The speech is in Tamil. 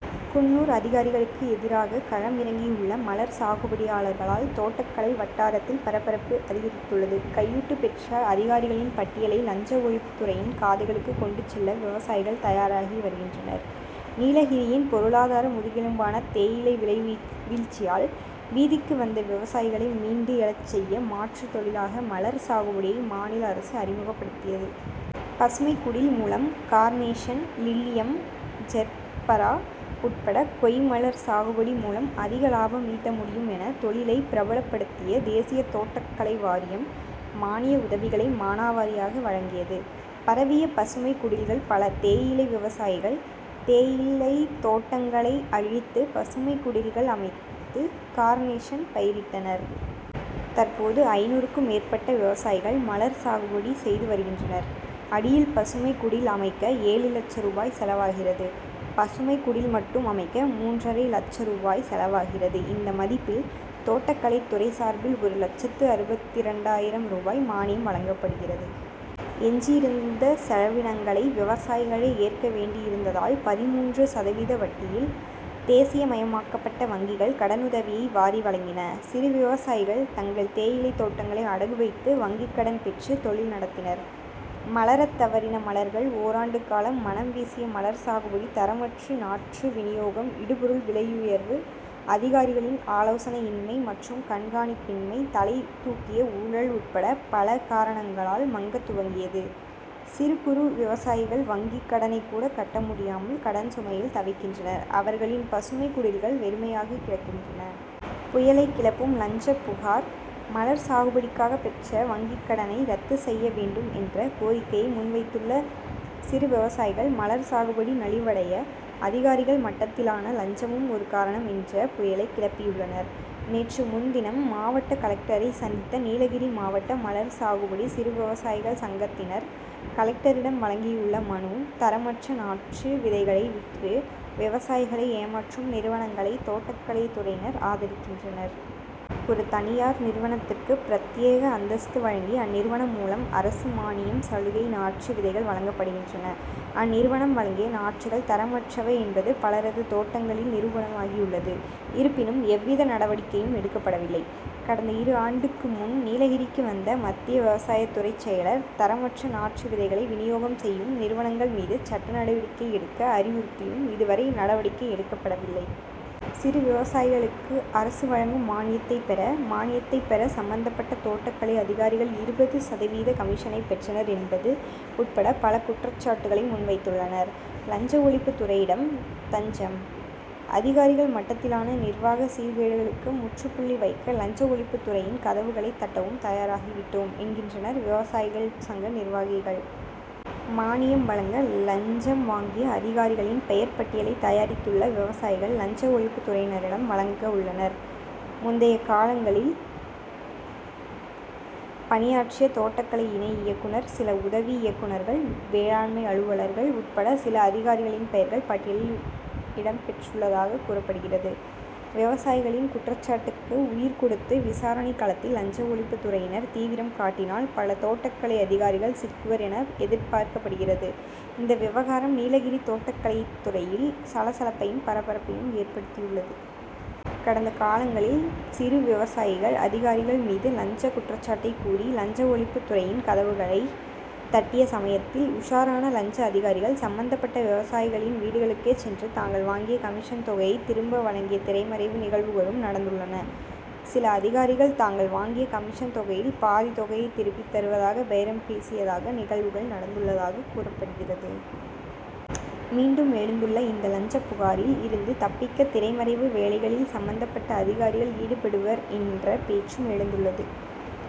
குன்னூர் அதிகாரிகளுக்கு எதிராக களம் இறங்கியுள்ள மலர் சாகுபடியாளர்களால் தோட்டக்கலை வட்டாரத்தில் பரபரப்பு அதிகரித்துள்ளது கையூட்டு பெற்ற அதிகாரிகளின் பட்டியலை லஞ்ச ஒழிப்பு துறையின் காதுகளுக்கு கொண்டு செல்ல விவசாயிகள் தயாராகி வருகின்றனர். நீலகிரியின் பொருளாதார முதுகெலும்பான தேயிலை விலை வீழ்ச்சியால், வீதிக்கு வந்த விவசாயிகளை மீண்டு எழச் செய்ய, மாற்று தொழிலாக மலர் சாகுபடியை மாநில அரசு அறிமுகப்படுத்தியது. பசுமைக் குடில் மூலம் கார்னேஷன், லில்லியம், ஜெர்பரா உட்பட கொய்மலர் சாகுபடி மூலம் அதிக லாபம் ஈட்ட முடியும் என, தொழிலை பிரபலப்படுத்திய தேசிய தோட்டக்கலை வாரியம், மானிய உதவிகளை மானாவாரியாக வழங்கியது. பரவிய பசுமைக் குடில்கள் பல தேயிலை விவசாயிகள், தேயிலைத் தோட்டங்களை அழித்து பசுமைக் குடில்கள் அமைத்து, கார்னேஷன் பயிரிட்டனர். தற்போது, ஐந்நூறுக்கும் மேற்பட்ட விவசாயிகள் மலர் சாகுபடி செய்து வருகின்றனர். அடியில் பசுமைக் குடில் அமைக்க ஏழு லட்ச ரூபாய் செலவாகிறது. பசுமைக் குடில் மட்டும் அமைக்க மூன்றரை லட்ச ரூபாய் செலவாகிறது இந்த மதிப்பில், தோட்டக்கலைத் துறை சார்பில் ஒரு லட்சத்து அறுபத்திரண்டாயிரம் ரூபாய் மானியம் வழங்கப்படுகிறது. எஞ்சியிருந்த செலவினங்களை விவசாயிகளே ஏற்க வேண்டியிருந்ததால், பதிமூன்று சதவீத வட்டியில், தேசிய மயமாக்கப்பட்ட வங்கிகள் கடனுதவியை வாரி வழங்கின. சிறு விவசாயிகள், தங்கள் தேயிலைத் தோட்டங்களை அடகு வைத்து வங்கிக் கடன் பெற்று தொழில் நடத்தினர். மலரத் தவறின மலர்கள் ஓராண்டு காலம் மணம் வீசிய மலர் சாகுபடி, தரமற்ற நாற்று வினியோகம், இடுபொருள் விலையுயர்வு, அதிகாரிகளின் ஆலோசனை இன்மை மற்றும் கண்காணிப்பின்மை, தலை தூக்கிய ஊழல் உட்பட பல காரணங்களால் மங்க துவங்கியது சிறு, குறு விவசாயிகள் வங்கி கடனை கூட கட்ட முடியாமல், கடன் சுமையில் தவிக்கின்றனர் அவர்களின் பசுமைக் குடில்கள் வெறுமையாகி கிடக்கின்றன. புயலை கிளப்பும் லஞ்சப் புகார் மலர் சாகுபடிக்காக பெற்ற வங்கி கடனை ரத்து செய்ய வேண்டும் என்ற கோரிக்கையை முன்வைத்துள்ள சிறு விவசாயிகள், மலர் சாகுபடி நலிவடைய அதிகாரிகள் மட்டத்திலான லஞ்சமும் ஒரு காரணம் என்ற புயலை கிளப்பியுள்ளனர். நேற்று முன்தினம் மாவட்ட கலெக்டரை சந்தித்த நீலகிரி மாவட்ட மலர் சாகுபடி சிறு விவசாயிகள் சங்கத்தினர் கலெக்டரிடம் வழங்கியுள்ள மனு; தரமற்ற நாற்று, விதைகளை விற்று, விவசாயிகளை ஏமாற்றும் நிறுவனங்களை தோட்டக்கலை துறையினர் ஆதரிக்கின்றனர். ஒரு தனியார் நிறுவனத்துக்கு பிரத்யேக அந்தஸ்து வழங்கி, அந்நிறுவனம் மூலம் அரசு மானியம், சலுகை, நாற்று, விதைகள் வழங்கப்படுகின்றன. அந்நிறுவனம் வழங்கிய நாற்றுகள் தரமற்றவை என்பது பலரது தோட்டங்களில் நிரூபணமாகியுள்ளது இருப்பினும், எவ்வித நடவடிக்கையும் எடுக்கப்படவில்லை. கடந்த இரு ஆண்டுக்கு முன் நீலகிரிக்கு வந்த மத்திய விவசாயத் துறை செயலர், தரமற்ற நாற்று, விதைகளை வினியோகம் செய்யும் நிறுவனங்கள் மீது சட்ட நடவடிக்கை எடுக்க அறிவுறுத்தியும், இதுவரை நடவடிக்கை எடுக்கப்படவில்லை. சிறு விவசாயிகளுக்கு அரசு வழங்கும் மானியத்தை பெற, மானியத்தை பெற சம்மந்தப்பட்ட தோட்டக்கலை அதிகாரிகள் இருபது சதவீத கமிஷனை பெற்றனர் என்பது உட்பட பல குற்றச்சாட்டுகளை முன்வைத்துள்ளனர். லஞ்ச ஒழிப்பு துறையிடம் தஞ்சம்: அதிகாரிகள் மட்டத்திலான நிர்வாக சீர்கேடுகளுக்கு முற்றுப்புள்ளி வைக்க லஞ்ச ஒழிப்புத் துறையின் கதவுகளை தட்டவும் தயாராகிவிட்டோம், என்கின்றனர் விவசாயிகள் சங்க நிர்வாகிகள். மானியம் வழங்க லஞ்சம் வாங்கிய அதிகாரிகளின் பெயர் பட்டியலை தயாரித்துள்ள விவசாயிகள், லஞ்ச ஒழிப்புத் துறையினரிடம் வழங்கவுள்ளனர். முந்தைய காலங்களில் பணியாற்றிய தோட்டகலை இணை இயக்குனர், சில உதவி இயக்குனர்கள், வேளாண்மை அலுவலர்கள் உட்பட சில அதிகாரிகளின் பெயர்கள் பட்டியலில் இடம் பெற்றுள்ளதாக கூறப்படுகிறது. விவசாயிகளின் குற்றச்சாட்டுக்கு உயிர் கொடுத்து, விசாரணை களத்தில் லஞ்ச ஒழிப்புத் துறையினர் தீவிரம் காட்டினால், பல தோட்டக் கலை அதிகாரிகள் சிக்குவர் என எதிர்பார்க்கப்படுகிறது இந்த விவகாரம் நீலகிரி தோட்டக்கலை துறையில் சலசலப்பையும், பரபரப்பையும் ஏற்படுத்தியுள்ளது. கடந்த காலங்களில், சிறு விவசாயிகள், அதிகாரிகள் மீது லஞ்ச குற்றச்சாட்டை கூறி, லஞ்ச ஒழிப்பு துறையின் கதவுகளை தட்டிய சமயத்தில், உஷாரான லஞ்ச அதிகாரிகள், சம்மந்தப்பட்ட விவசாயிகளின் வீடுகளுக்கே சென்று, தாங்கள் வாங்கிய கமிஷன் தொகையை திரும்ப வழங்கிய திரைமறைவு நிகழ்வுகளும் நடந்துள்ளன. சில அதிகாரிகள் தாங்கள் வாங்கிய கமிஷன் தொகையில் பாதி தொகையை திருப்பி தருவதாக பேரம் பேசிய நிகழ்வுகள் நடந்துள்ளதாக கூறப்படுகிறது. மீண்டும் எழுந்துள்ள இந்த லஞ்சப் புகாரில் இருந்து தப்பிக்க திரைமறைவு வேலைகளில் சம்மந்தப்பட்ட அதிகாரிகள் ஈடுபடுவர் என்ற பேச்சும் எழுந்துள்ளது.